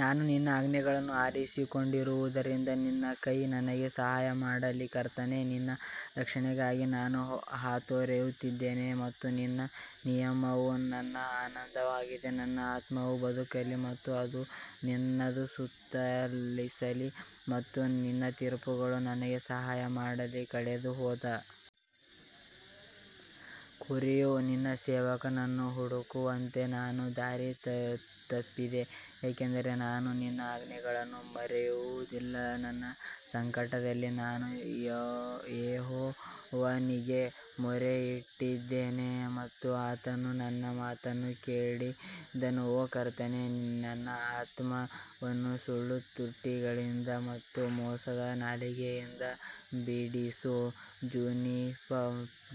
ನಾನು ನಿನ್ನ ಆಜ್ಞೆಗಳನ್ನು ಆರಿಸಿಕೊಂಡಿರುವುದರಿಂದ ನಿನ್ನ ಕೈ ನನಗೆ ಸಹಾಯ ಮಾಡಲಿ ಕರ್ತನೇ, ನಿನ್ನ ರಕ್ಷಣೆಗಾಗಿ ನಾನು ಹಾತೊರೆಯುತ್ತಿದ್ದೇನೆ ಮತ್ತು ನಿನ್ನ ನಿಯಮವು ನನ್ನ ಆನಂದವಾಗಿದೆ ನನ್ನ ಆತ್ಮವು ಬದುಕಲಿ ಮತ್ತು ಅದು ನಿನ್ನನ್ನು ಸ್ತುತಿಸಲಿ ಮತ್ತು ನಿನ್ನ ತೀರ್ಪುಗಳು ನನಗೆ ಸಹಾಯ ಮಾಡಲಿ ಕಳೆದುಹೋದ ಕುರಿಯು ನಿನ್ನ ಸೇವಕನನ್ನು ಹುಡುಕುವಂತೆ ನಾನು ದಾರಿ ತಪ್ಪಿದೆ, ಏಕೆಂದರೆ ನಾನು ನಿನ್ನ ಆಜ್ಞೆಗಳನ್ನು ಮರೆಯುವುದಿಲ್ಲ ನನ್ನ ಸಂಕಟದಲ್ಲಿ ನಾನು ಯೆಹೋವನಿಗೆ ಮೊರೆಯಿಟ್ಟಿದ್ದೇನೆ ಮತ್ತು ಆತನು ನನ್ನ ಮಾತನ್ನು ಕೇಳಿದನು ಓ ಕರ್ತನೇ ನನ್ನ ಆತ್ಮವನ್ನು ಸುಳ್ಳು ತುಟಿಗಳಿಂದ ಮತ್ತು ಮೋಸದ ನಾಲಿಗೆಯಿಂದ ಬಿಡಿಸು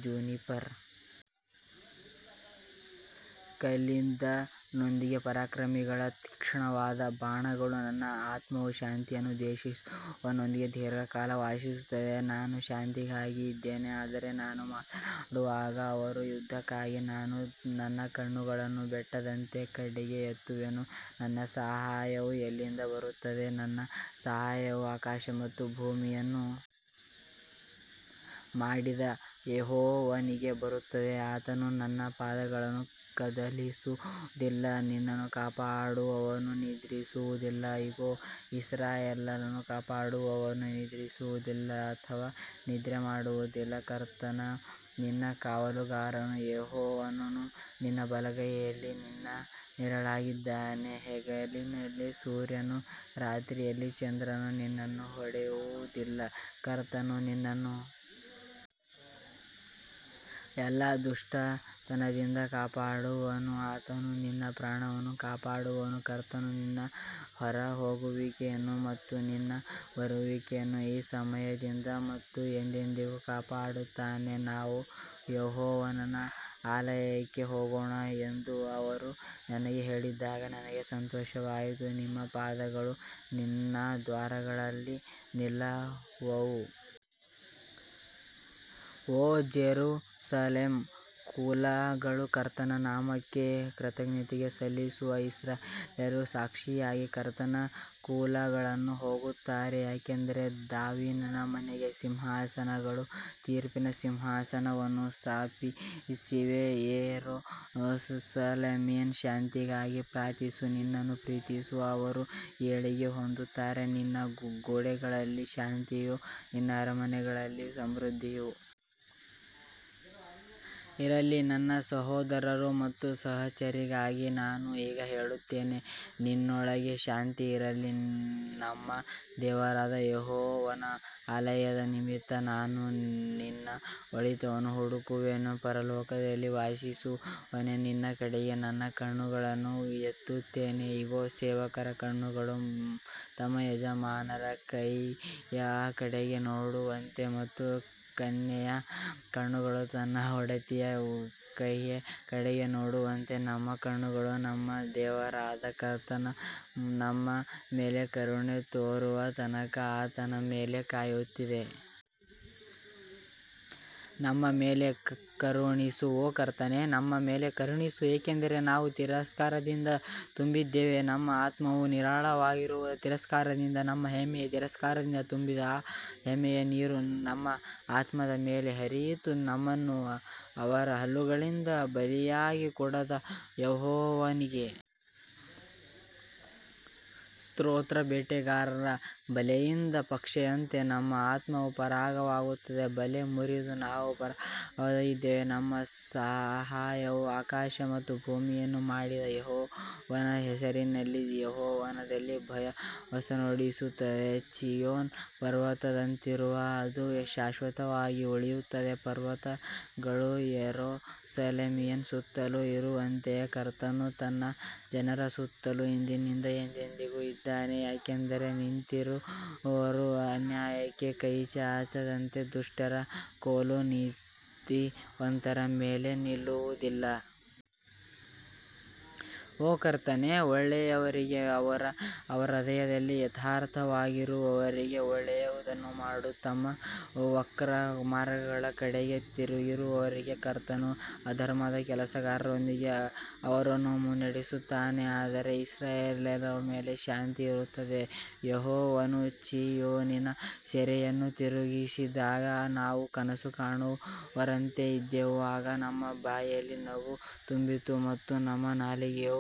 ಜುನಿಪರ್ ಕಲ್ಲಿದ್ದಲಿನೊಂದಿಗೆ ಪರಾಕ್ರಮಿಗಳ ತೀಕ್ಷ್ಣವಾದ ಬಾಣಗಳು ನನ್ನ ಆತ್ಮವು ಶಾಂತಿಯನ್ನು ದ್ವೇಷಿಸುವವನೊಂದಿಗೆ ದೀರ್ಘಕಾಲ ವಾಸಿಸುತ್ತಿದೆ ನಾನು ಶಾಂತಿಗಾಗಿ ಇದ್ದೇನೆ ಆದರೆ ನಾನು ಮಾತನಾಡುವಾಗ ಅವರು ಯುದ್ಧಕ್ಕಾಗಿ ನಾನು ನನ್ನ ಕಣ್ಣುಗಳನ್ನು ಬೆಟ್ಟಗಳ ಕಡೆಗೆ ಎತ್ತುವೆನು, ನನ್ನ ಸಹಾಯವು ಎಲ್ಲಿಂದ ಬರುತ್ತದೆ ನನ್ನ ಸಹಾಯವು ಆಕಾಶ ಮತ್ತು ಭೂಮಿಯನ್ನು ಮಾಡಿದ ಯೆಹೋವನಿಂದ ಬರುತ್ತದೆ ಆತನು ನಿನ್ನ ಪಾದವನ್ನು ಕದಲಿಸುವುದಿಲ್ಲ, ನಿನ್ನನ್ನು ಕಾಪಾಡುವವನು ನಿದ್ರಿಸುವುದಿಲ್ಲ ಇಗೋ, ಇಸ್ರಾಯೇಲನ್ನು ಕಾಪಾಡುವವನು ನಿದ್ರಿಸುವುದಿಲ್ಲ ಅಥವಾ ನಿದ್ರೆ ಮಾಡುವುದಿಲ್ಲ ಕರ್ತನು ನಿನ್ನ ಕಾವಲುಗಾರನು ಯೆಹೋವನು ನಿನ್ನ ಬಲಗೈಯಲ್ಲಿ ನಿನ್ನ ನೆರಳಾಗಿದ್ದಾನೆ ಹಗಲಿನಲ್ಲಿ ಸೂರ್ಯನೂ ರಾತ್ರಿಯಲ್ಲಿ ಚಂದ್ರನೂ ನಿನ್ನನ್ನು ಹೊಡೆಯುವುದಿಲ್ಲ ಕರ್ತನು ನಿನ್ನನ್ನು ಎಲ್ಲಾ ದುಷ್ಟತನದಿಂದ ಕಾಪಾಡುವನು, ಆತನು ನಿನ್ನ ಪ್ರಾಣವನ್ನು ಕಾಪಾಡುವನು ಕರ್ತನು ನಿನ್ನ ಹೊರಹೋಗುವಿಕೆಯನ್ನು ಮತ್ತು ನಿನ್ನ ಬರುವಿಕೆಯನ್ನು ಈ ಸಮಯದಿಂದ ಮತ್ತು ಎಂದೆಂದಿಗೂ ಕಾಪಾಡುತ್ತಾನೆ ನಾವು ಯೆಹೋವನ ಆಲಯಕ್ಕೆ ಹೋಗೋಣ ಎಂದು ಅವರು ನನಗೆ ಹೇಳಿದಾಗ ನನಗೆ ಸಂತೋಷವಾಯಿತು ನಮ್ಮ ಪಾದಗಳು ನಿನ್ನ ದ್ವಾರಗಳಲ್ಲಿ ನಿಲ್ಲುವವು ಓ ಜೆರುಸಲೇಮ್ ಕುಲಗಳು ಕರ್ತನ ನಾಮಕ್ಕೆ ಕೃತಜ್ಞತೆ ಸಲ್ಲಿಸಲು ಇಸ್ರಾಯೇಲ್ಯರ ಸಾಕ್ಷಿಗಾಗಿ ಕರ್ತನ ಕುಲಗಳನ್ನು ಹೋಗುತ್ತಾರೆ ಯಾಕಂದರೆ ದಾವೀದನ ಮನೆಯ ಸಿಂಹಾಸನಗಳು ತೀರ್ಪಿನ ಸಿಂಹಾಸನಗಳನ್ನು ಸ್ಥಾಪಿಸಿವೆ ಯೆರೂಸಲೇಮಿನ ಶಾಂತಿಗಾಗಿ ಪ್ರಾರ್ಥಿಸು ನಿನ್ನನ್ನು ಪ್ರೀತಿಸುವ ಅವರು ಏಳಿಗೆ ಹೊಂದುತ್ತಾರೆ ನಿನ್ನ ಗೋಡೆಗಳಲ್ಲಿ ಶಾಂತಿಯೂ ನಿನ್ನ ಅರಮನೆಗಳಲ್ಲಿ ಸಮೃದ್ಧಿಯೂ ಇರಲಿ ನನ್ನ ಸಹೋದರರು ಮತ್ತು ಸಹಚರರಿಗಾಗಿ ನಾನು ಈಗ ಹೇಳುತ್ತೇನೆ ನಿನ್ನೊಳಗೆ ಶಾಂತಿ ಇರಲಿ ನಮ್ಮ ದೇವರಾದ ಯೆಹೋವನ ಆಲಯದ ನಿಮಿತ್ತ ನಾನು ನಿನ್ನ ಒಳಿತನ್ನು ಹುಡುಕುವೆನು ಪರಲೋಕದಲ್ಲಿ ವಾಸಿಸುವವನೇ, ನಿನ್ನ ಕಡೆಗೆ ನನ್ನ ಕಣ್ಣುಗಳನ್ನು ಎತ್ತುತ್ತೇನೆ ಇಗೋ, ಸೇವಕರ ಕಣ್ಣುಗಳು ತಮ್ಮ ಯಜಮಾನರ ಕೈಯ ಕಡೆಗೆ ನೋಡುವಂತೆ ಮತ್ತು ಕನ್ಯೆಯ ಕಣ್ಣುಗಳು ತನ್ನ ಒಡತಿಯ ಕೈಯ ಕಡೆಗೆ ನೋಡುವಂತೆ ನಮ್ಮ ಕಣ್ಣುಗಳು ನಮ್ಮ ದೇವರಾದ ಕರ್ತನು ನಮ್ಮ ಮೇಲೆ ಕರುಣೆ ತೋರುವ ತನಕ ಆತನ ಮೇಲೆ ಕಾಯುತ್ತಿವೆ. ನಮ್ಮ ಮೇಲೆ ಕರುಣಿಸು ಓ ಕರ್ತನೇ ನಮ್ಮ ಮೇಲೆ ಕರುಣಿಸು, ಏಕೆಂದರೆ ನಾವು ತಿರಸ್ಕಾರದಿಂದ ತುಂಬಿದ್ದೇವೆ ನಮ್ಮ ಆತ್ಮವು ನಿರಾಳವಾಗಿರುವವರ ತಿರಸ್ಕಾರದಿಂದ ಮತ್ತು ಹೆಮ್ಮೆಯ ತಿರಸ್ಕಾರದಿಂದ ತುಂಬಿದೆ. ಆಗ ಹೆಮ್ಮೆಯ ನೀರು ನಮ್ಮ ಆತ್ಮದ ಮೇಲೆ ಹರಿದಿತ್ತು ನಮ್ಮನ್ನು ಅವರ ಹಲ್ಲುಗಳಿಗೆ ಬಲಿಯಾಗಿ ಕೊಡದ ಯೆಹೋವನಿಗೆ ಸ್ತೋತ್ರ ಬೇಟೆಗಾರರ ಬಲೆಯಿಂದ ಪಕ್ಷಿಯಂತೆ ನಮ್ಮ ಆತ್ಮವು ಪಾರಾಗುತ್ತದೆ, ಬಲೆ ಮುರಿದು ನಾವು ಪಾರಾಗಿದ್ದೇವೆ ನಮ್ಮ ಸಹಾಯವು ಆಕಾಶ ಮತ್ತು ಭೂಮಿಯನ್ನು ಮಾಡಿದ ಯೆಹೋವನ ಹೆಸರಿನಲ್ಲಿದೆ ಯೆಹೋವನಲ್ಲಿ ಭರವಸವಿಡುವವರು ಚೀಯೋನ್ ಪರ್ವತದಂತಿರುವರು, ಅದು ಶಾಶ್ವತವಾಗಿ ಉಳಿಯುತ್ತದೆ ಪರ್ವತಗಳು ಯೆರೂಸಲೇಮಿನ ಸುತ್ತಲೂ ಇರುವಂತೆಯೇ ಕರ್ತನು ತನ್ನ ಜನರ ಸುತ್ತಲೂ ಇಂದಿನಿಂದ ಎಂದೆಂದಿಗೂ ಇದ್ದಾನೆ ಯಾಕಂದರೆ ನೀತಿವಂತರು ಅನ್ಯಾಯಕ್ಕೆ ಕೈಚಾಚದಂತೆ ದುಷ್ಟರ ಕೋಲು ನೀತಿವಂತರ ಮೇಲೆ ನಿಲ್ಲುವುದಿಲ್ಲ. ಓ ಕರ್ತನೇ, ಒಳ್ಳೆಯವರಿಗೆ ಮತ್ತು ಅವರ ಹೃದಯದಲ್ಲಿ ಯಥಾರ್ಥವಾಗಿರುವವರಿಗೆ ಒಳ್ಳೆಯದನ್ನು ಮಾಡು ತಮ್ಮ ವಕ್ರ ಮಾರ್ಗಗಳ ಕಡೆಗೆ ತಿರುಗುವವರಿಗೆ ಕರ್ತನು ಅಧರ್ಮದ ಕೆಲಸಗಾರರೊಂದಿಗೆ ಅವರನ್ನು ಮುನ್ನಡೆಸುತ್ತಾನೆ ಆದರೆ ಇಸ್ರಾಯೇಲ್ಯರ ಮೇಲೆ ಶಾಂತಿ ಇರುತ್ತದೆ ಯೆಹೋವನು ಚೀಯೋನಿನ ಸೆರೆಯನ್ನು ತಿರುಗಿಸಿದಾಗ ನಾವು ಕನಸು ಕಾಣುವವರಂತೆ ಇದ್ದೆವು ಆಗ ನಮ್ಮ ಬಾಯಲ್ಲಿ ನಗು ತುಂಬಿತ್ತು ಮತ್ತು ನಮ್ಮ ನಾಲಿಗೆಯು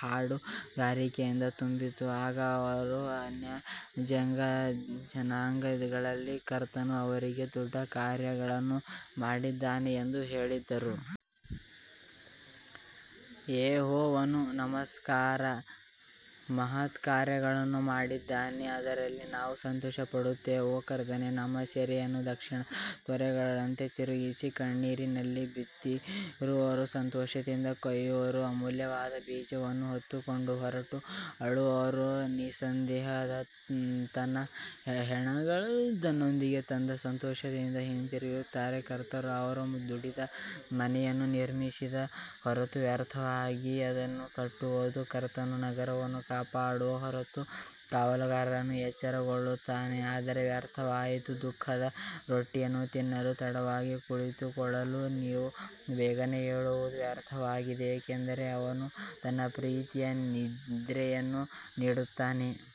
ಹಾಡುಗಾರಿಕೆಯಿಂದ ತುಂಬಿತ್ತು, ಆಗ ಅವರು ಅನ್ಯಜನಾಂಗಗಳಲ್ಲಿ ಕರ್ತನು ಅವರಿಗೆ ದೊಡ್ಡ ಕಾರ್ಯಗಳನ್ನು ಮಾಡಿದ್ದಾನೆ ಎಂದು ಹೇಳಿದರು. ಯೆಹೋವನು ನಮಗೋಸ್ಕರ ಮಹತ್ಕಾರ್ಯಗಳನ್ನು ಮಾಡಿದ್ದಾನೆ ಅದರಲ್ಲಿ ನಾವು ಸಂತೋಷಪಡುತ್ತೇವೆ ಓ ಕರ್ತನೇ, ನಮ್ಮ ಸೆರೆಯನ್ನು ದಕ್ಷಿಣದ ತೊರೆಗಳಂತೆ ತಿರುಗಿಸಿ ಕಣ್ಣೀರಿನಲ್ಲಿ ಬಿತ್ತುವವರು ಸಂತೋಷದಿಂದ ಕೊಯ್ಯುವರು ಅಮೂಲ್ಯವಾದ ಬೀಜವನ್ನು ಹೊತ್ತುಕೊಂಡು ಹೊರಟು ಅಳುವವನು ನಿಸ್ಸಂದೇಹವಾಗಿ ತನ್ನ ಹೆಣಗಳನ್ನು ತನ್ನೊಂದಿಗೆ ತಂದ ಸಂತೋಷದಿಂದ ಹಿಂತಿರುಗುತ್ತಾನೆ ಕರ್ತನು ಅವರು ದುಡಿದ ಮನೆಯನ್ನು ನಿರ್ಮಿಸದ ಹೊರತು ವ್ಯರ್ಥವಾಗಿ ಅದನ್ನು ಕಟ್ಟುವದು ಕರ್ತನು ನಗರವನ್ನು ಕಾಪಾಡುವ ಹೊರತು ಕಾವಲುಗಾರನು ಎಚ್ಚರಗೊಳ್ಳುತ್ತಾನೆ ಆದರೆ ವ್ಯರ್ಥವಾಯಿತು ದುಃಖದ ರೊಟ್ಟಿಯನ್ನು ತಿನ್ನಲು ತಡವಾಗಿ ಕುಳಿತುಕೊಳ್ಳಲು ನೀವು ಬೇಗನೆ ಏಳುವುದು ವ್ಯರ್ಥವಾಗಿದೆ, ಏಕೆಂದರೆ ಅವನು ತನ್ನ ಪ್ರೀತಿಯ ನಿದ್ರೆಯನ್ನು ನೀಡುತ್ತಾನೆ.